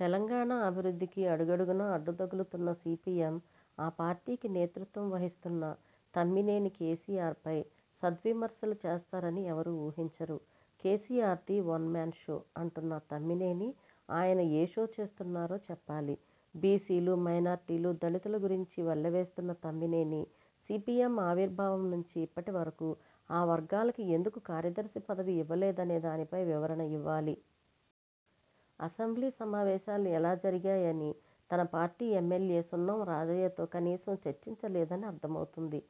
తెలంగాణ అభివృద్ధికి అడుగడుగునా అడ్డుతగులుతున్న సీపీఎం, ఆ పార్టీకి నేతృత్వం వహిస్తున్న తమ్మినేని, కేసీఆర్పై సద్విమర్శలు చేస్తారని ఎవరూ ఊహించరు. కేసీఆర్ది 'ఒన్ మ్యాన్ షో' అంటున్న తమ్మినేని ఆయన ఏ షో చేస్తున్నారో చెప్పాలి. బీసీలు, మైనార్టీలు, దళితుల గురించి వల్లెవేస్తున్న తమ్మినేని సీపీఎం ఆవిర్భావం నుంచి ఇప్పటి వరకు ఆ వర్గాలకి ఎందుకు కార్యదర్శి పదవి ఇవ్వలేదనే దానిపై వివరణ ఇవ్వాలి. అసెంబ్లీ సమావేశాలు ఎలా జరిగాయని తన పార్టీ ఎమ్మెల్యే సున్నం రాజయ్యతో కనీసం చర్చించలేదని అర్థం అవుతుంది.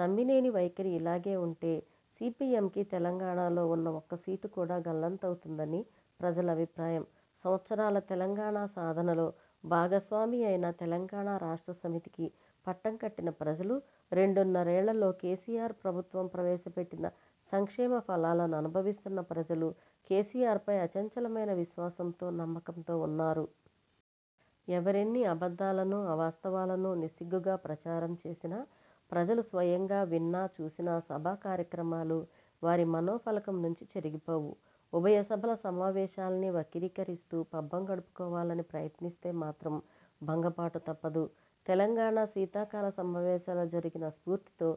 తమ్మినేని వైఖరి ఇలాగే ఉంటే సీపీఎంకి తెలంగాణలో ఉన్న ఒక్క సీటు కూడా గల్లంతవుతదని ప్రజల అభిప్రాయం. సంవత్సరాల తెలంగాణ సాధనలో భాగస్వామియైన 'తెలంగాణ రాష్ట్ర సమితి'కి పట్టంకట్టిన ప్రజలు, రెండున్నరేళ్లలో కేసీఆర్ ప్రభుత్వం ప్రవేశపెట్టిన సంక్షేమ ఫలాలను అనుభవిస్తున్న ప్రజలు కేసీఆర్పై అచంచలమైన విశ్వాసంతో, నమ్మకంతో ఉన్నారు. ఎవరెన్ని అబద్ధాలనూ, అవాస్తవాలనూ నిస్సిగ్గుగా ప్రచారం చేసినా, ప్రజలు స్వయంగా విన్న, చూసిన సభా కార్యక్రమాలు వారి మనోఫలకం నుంచి చెరిగిపోవు. ఉభయ సభల సమావేశాల్ని వక్రీకరిస్తూ పబ్బం గడుపుకోవాలని ప్రయత్నిస్తే మాత్రం భంగపాటు తప్పదు. తెలంగాణ శీతాకాల సమావేశాలు జరిగిన స్ఫూర్తితో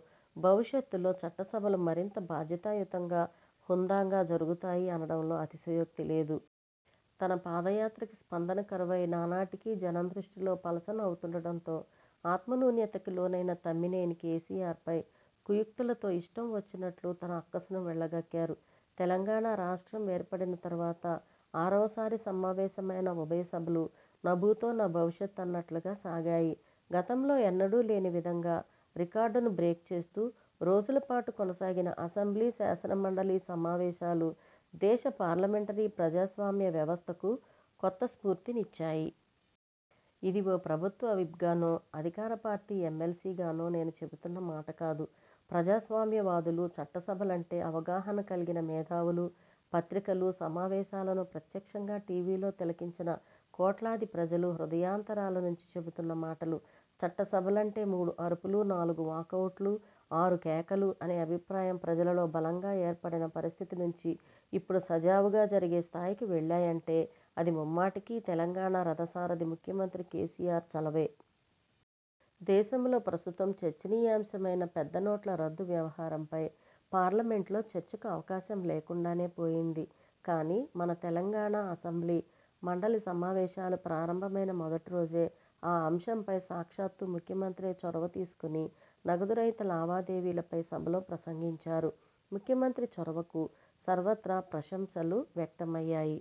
భవిష్యత్తులో చట్ట సభలు మరింత బాధ్యతాయుతంగా, హుందాగా జరుగుతాయి అనడంలో అతిశయోక్తి లేదు. తన పాదయాత్రకి స్పందన కరువై నానాటికీ జనం దృష్టిలో పలుచన అవుతుండటంతో ఆత్మన్యూనతకి లోనైన తమ్మినేని కేసీఆర్పై కుయుక్తులతో ఇష్టం వచ్చినట్లు తన అక్కసును వెళ్లగక్కారు. తెలంగాణ రాష్ట్రం ఏర్పడిన తరువాత ఆరవసారి సమావేశమైన ఉభయసభలు నభూతో నభవిష్యత్ అన్నట్లుగా సాగాయి. గతంలో ఎన్నడూలేని విధంగా రికార్డును బ్రేక్ చేస్తూ రోజుల పాటు కొనసాగిన అసెంబ్లీ, శాసనమండలి సమావేశాలు దేశ పార్లమెంటరీ ప్రజాస్వామ్య వ్యవస్థకు కొత్త స్ఫూర్తినిచ్చాయి. ఇది ఓ ప్రభుత్వ విప్గానో, అధికార పార్టీ ఎమ్మెల్సీగానో నేను చెబుతున్న మాటకాదు. ప్రజాస్వామ్యవాదులు, చట్టసభలంటే అవగాహన కల్గిన మేధావులు, పత్రికలు, సమావేశాలను ప్రత్యక్షంగా టీవీలో తిలకించిన కోట్లాదిప్రజలు హృదయాంతరాల నుంచి చెబుతున్న మాటలు. చట్టసభలంటే మూడుఅరుపులు, నాలుగు వాకౌట్లు, ఆరు కేకలు అనే అభిప్రాయం ప్రజలలో బలంగా ఏర్పడిన పరిస్థితి నుంచి ఇప్పుడు సజావుగా జరిగే స్థాయికి వెళ్ళాయంటే అది ముమ్మాటికీ తెలంగాణ రథసారథి ముఖ్యమంత్రి కేసీఆర్ చలవే. దేశంలో ప్రస్తుతం చర్చనీయాంశమైన పెద్ద నోట్ల రద్దు వ్యవహారంపై పార్లమెంట్లో చర్చకు అవకాశం లేకుండానే పొయింది. కానీ మన తెలంగాణ అసెంబ్లీ, మండలి సమావేశాలు ప్రారంభమైన మొదటిరోజే ఆ అంశంపై సాక్షాత్తూ ముఖ్యమంత్రే చొరవ తీసుకుని నగదురహిత లావాదేవీలపై సభలో ప్రసంగించారు. ముఖ్యమంత్రి చొరవకు సర్వత్రా ప్రశంసలు వ్యక్తమయ్యాయి.